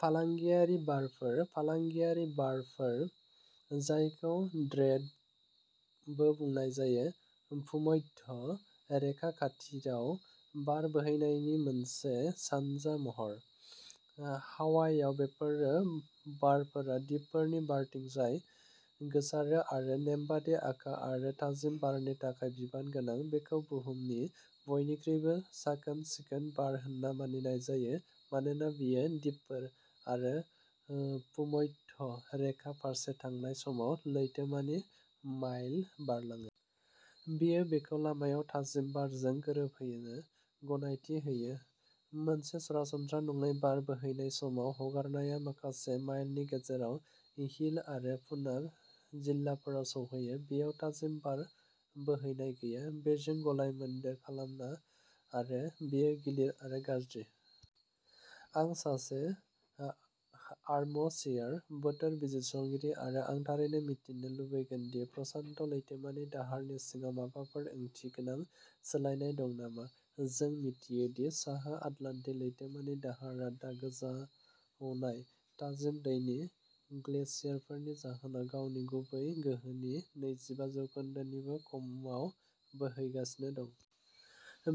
फालांगियारि बारफोर? फालांगियारि बारफोर जायखौ ट्रेड बो बुंनाय जायो, भुमध्य रेखा खाथियाव बार बोहैनायनि मोनसे सानजा महर। हावाइआव बेफोरे बारफोरा दिपफोरनि बारथिंजाय गोसारो आरो नेमबादि अखा आरो थाजिम बारनि थाखाय बिबान गोनां। बेखौ बुहुमनि बयनिख्रुइबो साखोन-सिखोन बार होनना मानिनाय जायो मानोना बेयो दिपफोर आरो ओ भुमध्य रेखा फारसे थांनाय समाव लैथोमानि माइल बारलाङो। बेयो बेखौ लामायाव थाजिम बारजों गोरोबहोनो गनायथि होयो। मोनसे सरासनस्रा नङै बार बोहैनाय समाव, हगारनाया माखासे माइलनि गेजेराव हिल' आरो पुना जिल्लाफोराव सौहैयो। बेयाव थाजिम बार बोहैनाय गैया। बेजों गलाय-मोनदेर खालामना आरो बेयो गिलिर आरो गाज्रि। आं सासे आर्मचेयार बोथोर बिजिरसंगिरि आरो आं थारैनो मिथिनो लुबैगोन दि प्रशान्त लैथोमानि दाहारनि सिङाव माबाफोर ओंथिगोनां सोलायनाय दं नामा। जों मिथियो दि साहा आटलान्टिक लैथोमानि दाहारा दा गोजावनाय थाजिम दैनि ग्लेसियारफोरनि जाहोनाव गावनि गुबै गोहोनि नैजिबा जौखोन्दो निबो खमाव बोहैगासिनो दं।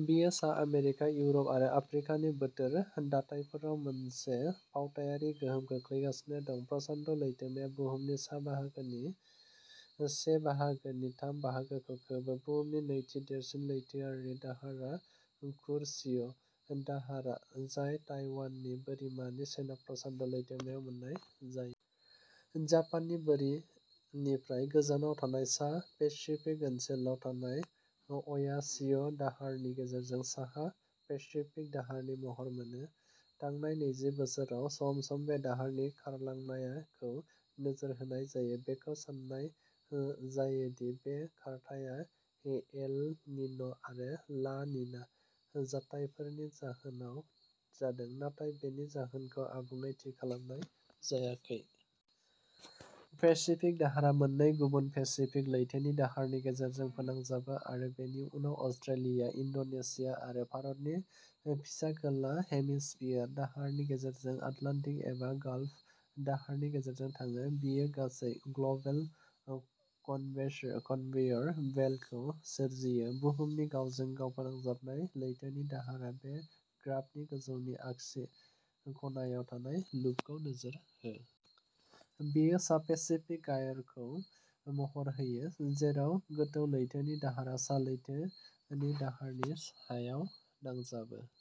बेयो सा आमेरिका, इउर'प आरो आफ्रिकानि बोथोर दाथायफोराव मोनसे फावथायारि गोहोम खोख्लैगासिनो दं। प्रशान्त लैथोमाया बुहुमनि सा-बाहागोनि से बाहागोनि थाम बाहागोखौ खोबो। बुहुमनि नैथि देरसिन लैथोआरि दाहारा कुर'शिअ' दाहारा, जाय ताइवाननि बोरिमानि सोनाबारि प्रशान्त ओनसोलाव मोननाय जायो। जापाननि बोरिनिफ्राय गोजानाव थानाय सा पेसिफिक ओनसोलाव थानाय अ'यासिअ'दाहारनि गेजेरजों साहा पेसिफिक दाहारनि महर मोनो। थांनाय नैजि बोसोराव, सम-सम बे दाहारनि खारलांनाय खौ नोजोर होनाय जायो। बेखौ सान्नाय जायो दि बे खारथाया एल निन' आरो ला निना जाथायफोरनि जाहोनाव जादों, नाथाय बेनि जाहोनखौ आबुङै थि खालामनाय जायाखै। पेसिफिक दाहारा मोननै गुबुन पेसिफिक लैथोनि दाहारनि गेजेरजों फोनांजाबो आरो बेनि उनाव अस्ट्रेलिया, इन्ड'नेशिया आरो भारतनि फिसा खोला हेमिस्फियार दाहारनि गेजेरजों आटलान्टिक एबा गाल्फ दाहारनि गेजेरजों थाङो। बेयो गासै ग्ल'बेल कन्वेयर बेल्ट खौ सोरजियो बुहुमनि गावजों-गाव फोनांजाबनाय लैथोनि दाहारा बे ग्राफनि गोजौनि आगसि खनायाव थानाय लुपखौ नोजोर हो। बेयो सा पेसिफिक गायरखौ महर होयो जेराव गोथौ लैथोनि दाहारा सा लैथोनि दाहारनि सायाव नांजाबो।